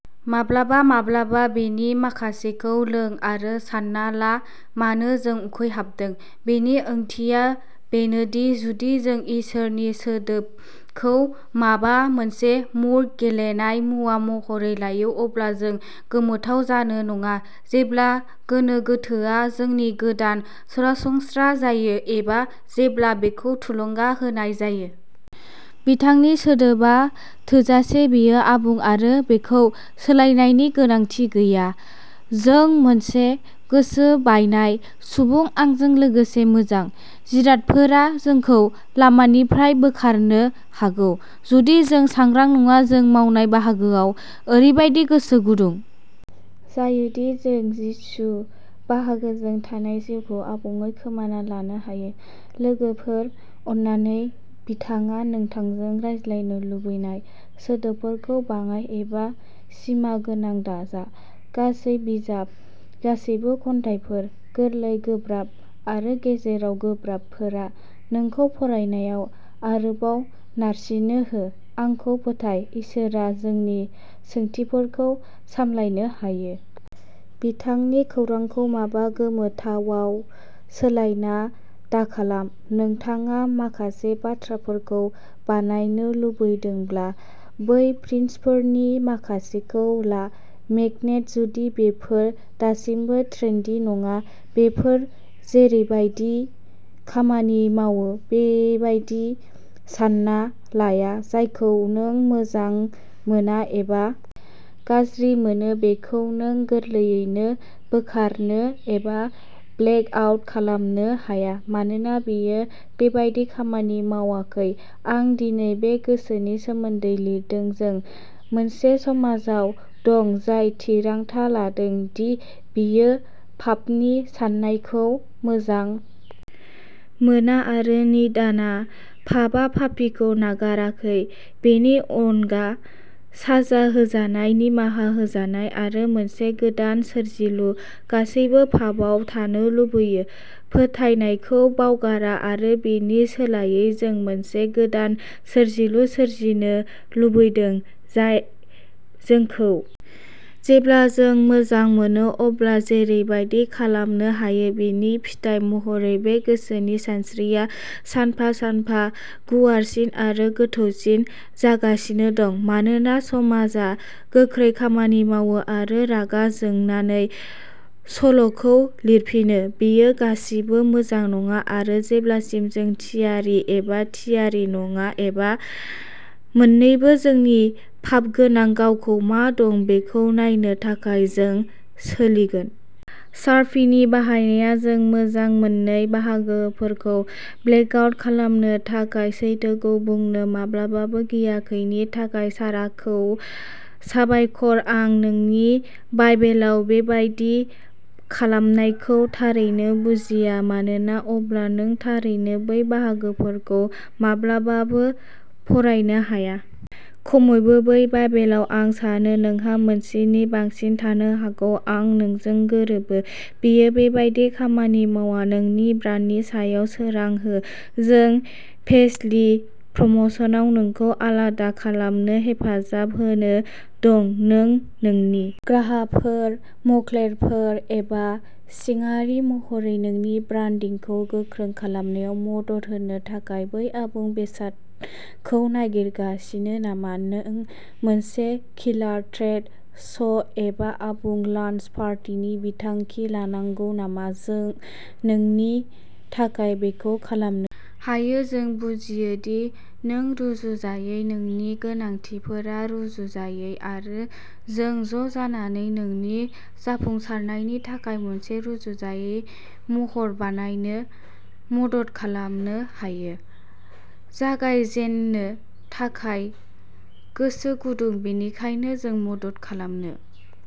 माब्लाबा माब्लाबा बेनि माखासेखौ लों आरो सानना ला मानो जों उखैहाबदों बेनि ओंथिया बेनोदि जुदि जों इसोरनि सोदोबखौ माबा मोनसे मूर्ख गेलेनाय मुवा महरै लायो, अब्ला जों गोमोथाव जानो नाङा जेब्ला गोनो गोथोआ जोंनि गोदान सरासनस्रा जायो एबा जेब्ला बेखौ थुलुंगा होनाय जायो। बिथांनि सोदोबआ थोजासे बेयो आबुं आरो बेखौ सोलायनायनि गोनांथि गैया। जों मोनसे गोसो बायनाय सुबुं आंजों लोगोसे मोजां जिरादफोरा जोंखौ लामानिफ्राय बोखारनो हागौ जुदि जों सांग्रां नङा जों मावनाय बाहागोआव ओरैबादि गोसो गुदुं जायो दि जों जिसु बाहागोजों थानाय जिउखौ आबुङै खोमाना लानो हायो लोगोफोर अन्नानै बिथाङा नोंथांजों रायज्लायनो लुबैनाय सोदोबफोरखौ बाङाइ एबा सिमागोनां दाजा। गासै बिजाब गासैबो खन्थाइफोर गोरलै गोब्राब आरो गेजेराव गोब्राबफोरा नोंखौ फरायनायाव आरोबाव नारसिनो हो आंखौ फोथाय इसोरआ जोंनि सोंथिफोरखौ सामलायनो हायो। बिथांनि खौरांखौ माबा गोमोथावाव सोलायना दाखालाम नोंथाङा माखासे बाथ्राफोरखौ बानायनो लुबैदोंब्ला बै फ्रिजफोरनि माखासेखौ ला मेगनेट जुदि बेफोर दासिमबो ट्रेन्डी नङा बेफोर जेरैबादि खामानि मावो बेबादि सानना लाया जायखौ नों मोजां मोना एबा गाज्रि मोनो बेखौ नों गोरलैयैनो बोखारनो एबा ब्लेक आउट खालामनो हाया। मानोना बेयो बेबादि खामानि मावाखै आं दिनै बे गोसोनि सोमोन्दै लिरदोंजों मोनसे समाजाव दं जाय थिरांथा लादों दि बियो पापनि साननायखौ मोजां मोना आरो निन्दा पापआ पापीखौ नागाराखै बेनि अनगा साजा होजानाय निमाहा होजानाय आरो मोनसे गोदान सोरजिलु गासैबो पापआव थानो लुबैयो फोथायनायखौ बावगार आरो बेनि सोलायै जों मोनसे गोदान सोरजिलु सोरजिनो लुबैदों जाय जोंखौ जेब्ला जों मोजां मोनो अब्ला जेरैबादि खालामनो होयो बेनि फिथाइ महरै बे गोसोनि सानस्रिया सानफा सानफा गुवारसिन आरो गोथौसिन जागासिनो दं, मानोना समाजआ गोख्रै खामानि मावो आरो रागा जोंनानै सल'खौ लिरफिनो। बेयो गासिबो मोजां नङा आरो जेब्लासिम जों थियारि एबा थियारि नङा एबा मोननैबो जोंनि पापगोनां गावखौ मा दं बेखौ नायनो थाखाय जों सोलिगोन। शार्पिनि बाहायनाया जों मोजां मोनै बाहागोफोरखौ ब्लेक आउट खालामनो थाखाय सैथोखौ बुंनो माब्लाबाबो गियाखैनि थाखाय शाराखौ साबायखर आं नोंनि बाइबेलाव बेबादि खालामनायखौ थारैनो बुजिया मानोना अब्ला नों थारैनो बै बाहागोफोरखौ माब्लाबाबो फरायनो हाया। खमैबो बै बाइबेलाव आं सानो नोंहा मोनसेनि बांसिन थानो हागौ आं नोंजों गोरोबो। बेयो बेबादि खामानि मावा नोंनि ब्रान्डनि सायाव सोरां हो जों पेसलि प्रमशनआव नोंखौ आलादा खालामनो हेफाजाब होनो दं। नों नोंनि ग्राहकफोर मक्केलफोर एबा सिंआरि महरै नोंनि ब्रान्डिंखौ गोख्रों खालामनायाव मदद होनो थाखाय बै आबुं बेसादखौ नागिरगासिनो नामा? नों मोनसे किलार ट्रेड श'एबा आबुं लन्च पार्टिनि बिथांखि लानांगौ नामा? जों नोंनि थाखाय बेखौ खालामनो हायो जों बुजियो दि नों रुजुजायै नोंनि गोनांथिफोरा रुजुजायै आरो जों ज'जानानै नोंनि जाफुंसारनायनि थाखाय मोनसे रुजुजायै महर बानायनो मदद खालामनो हायो। जागायजेननो थाखाय गोसो गुदुं बेनिखायनो जों मदद खालामनो